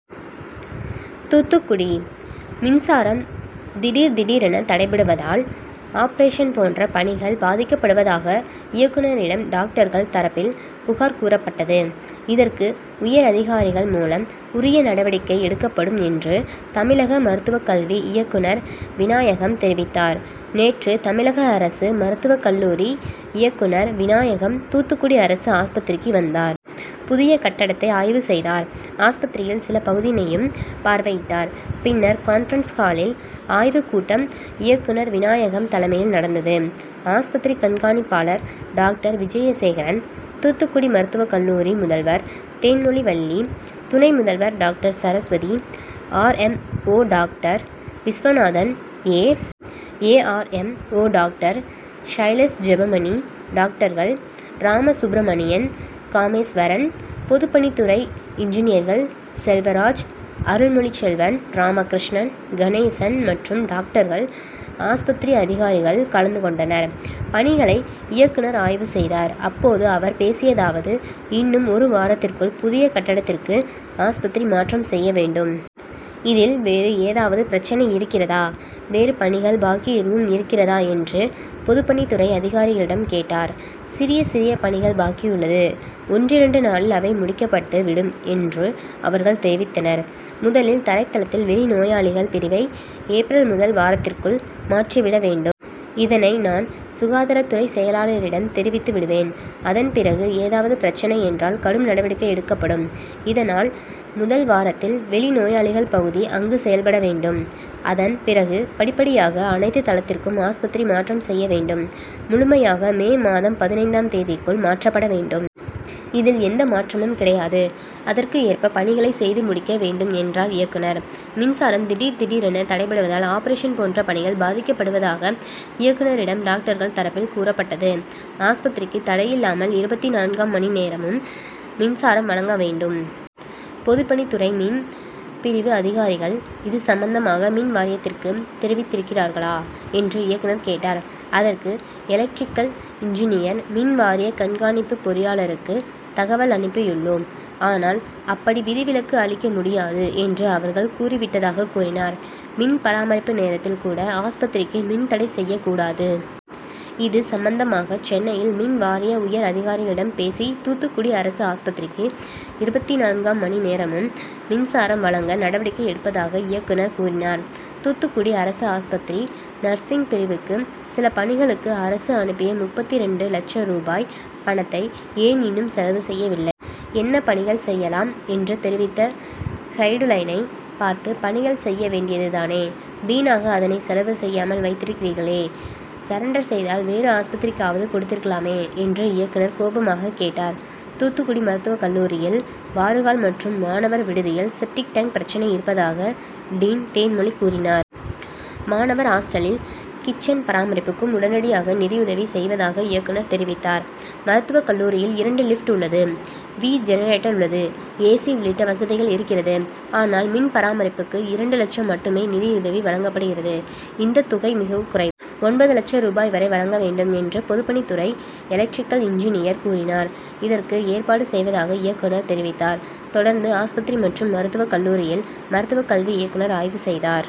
தூத்துக்குடி: மின்சாரம் திடீர், திடீரென தடைபடுவதால் ஆபரேஷன் போன்ற பணிகள் பாதிக்கப்படுவதாக இயக்குநரிடம் டாக்டர்கள் தரப்பில் புகார் கூறப்பட்டது. இதற்கு உயர் அதிகாரிகள் மூலம் உரிய நடவடிக்கை எடுக்கப்படும் என்று தமிழக மருத்துவக்கல்வி இயக்குநர் விநாயகம் தெரிவித்தார். நேற்று தமிழக அரசு மருத்துவக் கல்லூரி இயக்குநர் விநாயகம் தூத்துக்குடி அரசு ஆஸ்பத்திரிக்கு வந்தார். புதிய கட்டடத்தை ஆய்வு செய்தார். ஆஸ்பத்திரியில் சில பகுதியினையும் பார்வையிட்டார். பின்னர் கான்பரன்ஸ் ஹாலில் ஆய்வு கூட்டம் இயக்குநர் விநாயகம் தலைமையில் நடந்தது. ஆஸ்பத்திரி கண்காணிப்பாளர் டாக்டர் விஜயசேகரன், தூத்துக்குடி மருத்துவக் கல்லூரி முதல்வர் தேன்மொழிவள்ளி, துணை முதல்வர் doctor Saraswathi, R. M. O doctor Viswanathan, A. R. M. O doctor Sailash Jebamani, டாக்டர்கள் ராமசுப்பிரமணியன், காமேஸ்வரன், பொதுப்பணித்துறை இன்ஜினியர்கள் செல்வராஜ், அருள்மொழிச்செல்வன், ராமகிருஷ்ணன், கணேசன் மற்றும் டாக்டர்கள், ஆஸ்பத்திரி அதிகாரிகள் கலந்து கொண்டனர். பணிகளை இயக்குநர் ஆய்வு செய்தார். அப்போது அவர் பேசியதாவது இன்னும் ஒரு வாரத்திற்குள் புதிய கட்டடத்திற்கு ஆஸ்பத்திரி மாற்றம் செய்ய வேண்டும். இதில் வேறு ஏதாவது பிரச்னை இருக்கிறதா, வேறு பணிகள் பாக்கி எதுவும் இருக்கிறதா என்று பொதுப்பணித்துறை அதிகாரிகளிடம் கேட்டார். சிறிய, சிறிய பணிகள் பாக்கியுள்ளது. ஒன்றிரண்டு நாளில் அவை முடிக்கப்பட்டு விடும் என்று அவர்கள் தெரிவித்தனர். முதலில் தரைத்தளத்தில் வெளிநோயாளிகள் பிரிவை ஏப்ரல் முதல் வாரத்திற்குள் மாற்றிவிட வேண்டும். இதனை நான் சுகாதாரத்துறை செயலாளரிடம் தெரிவித்து விடுவேன். அதன் பிறகு ஏதாவது பிரச்னை என்றால் கடும் நடவடிக்கை எடுக்கப்படும். இதனால் முதல் வாரத்தில் வெளி நோயாளிகள் பகுதி அங்கு செயல்பட வேண்டும். அதன் பிறகு படிப்படியாக அனைத்து தளத்திற்கும் ஆஸ்பத்திரி மாற்றம் செய்ய வேண்டும். முழுமையாக மே மாதம் பதினைந்து ஆம் தேதிக்குள் மாற்றப்பட வேண்டும். இதில் எந்த மாற்றமும் கிடையாது. அதற்கு ஏற்ப பணிகளை செய்து முடிக்க வேண்டும் என்றார் இயக்குநர். மின்சாரம் திடீர், திடீரென தடைபடுவதால் ஆபரேஷன் போன்ற பணிகள் பாதிக்கப்படுவதாக இயக்குநரிடம் டாக்டர்கள் தரப்பில் கூறப்பட்டது. ஆஸ்பத்திரிக்கு தடையில்லாமல் இருபத்தி நான்காம் மணி நேரமும் மின்சாரம் வழங்க வேண்டும். பொதுப்பணித்துறை மின் பிரிவு அதிகாரிகள் இது சம்பந்தமாக மின்வாரியத்திற்கு தெரிவித்திருக்கிறீர்களா என்று இயக்குநர் கேட்டார். அதற்கு எலக்டிரிக்கல் இன்ஜினியர் மின்வாரிய கண்காணிப்பு பொறியாளருக்கு தகவல் அனுப்பியுள்ளோம். ஆனால் அப்படி விதிவிலக்கு அளிக்க முடியாது என்று அவர்கள் கூறி விட்டதாக கூறினார். மின் பராமரிப்பு நேரத்தில் கூட ஆஸ்பத்திரிக்கு மின் தடை செய்யக் கூடாது. இது சம்பந்தமாக சென்னையில் மின்வாரிய உயர் அதிகாரிகளிடம் பேசி தூத்துக்குடி அரசு ஆஸ்பத்திரிக்கு இருபத்தி நான்காம் மணி நேரமும் மின்சாரம் வழங்க நடவடிக்கை எடுப்பதாக இயக்குநர் கூறினார். தூத்துக்குடி அரசு ஆஸ்பத்திரி நர்சிங் பிரிவுக்கு சில பணிகளுக்கு அரசு அனுப்பிய முப்பத்தி இரண்டு லட்ச ரூபாய் பணத்தை ஏன் இன்னும் செலவு செய்யவில்லை. என்ன பணிகள் செய்யலாம் என்று தெரிவித்த கைடுலைனை பார்த்து பணிகள் செய்ய வேண்டியது தானே, வீணாக அதனை செலவு செய்யாமல் வைத்திருக்கிறீர்களே, சரண்டர் செய்தால் வேறு ஆஸ்பத்திரிக்காவது கொடுத்திருக்கலாமே என்று இயக்குநர் கோபமாக கேட்டார். தூத்துக்குடி மருத்துவக்கல்லூரியில் வாறுகால் மற்றும் மாணவர் விடுதியில் செப்டிக் டேங்க் பிரச்னை இருப்பதாக டீன் தேன்மொழி கூறினார். மாணவர் ஆஸ்டலில் கிச்சன் பராமரிப்புக்கும் உடனடியாக நிதியுதவி செய்வதாக இயக்குநர் தெரிவித்தார். மருத்துவக் கல்லூரியில் இரண்டு லிப்ட் உள்ளது. வி ஜெனரேட்டர் உள்ளது. ஏ. சி உள்ளிட்ட வசதிகள் இருக்கிறது. ஆனால் மின்பராமரிப்புக்கு இரண்டு லட்சம் மட்டுமே நிதியுதவி வழங்கப்படுகிறது. இந்த தொகை மிக குறைவு. ஒன்பது லட்ச ரூபாய் வரை வழங்க வேண்டும் என்று பொதுப்பணித்துறை எலக்டிரிக்கல் இன்ஜினியர் கூறினார். இதற்கு ஏற்பாடு செய்வதாக இயக்குநர் தெரிவித்தார். தொடர்ந்து ஆஸ்பத்திரி மற்றும் மருத்துவ கல்லூரியில் மருத்துவக் கல்வி இயக்குநர் ஆய்வு செய்தார்.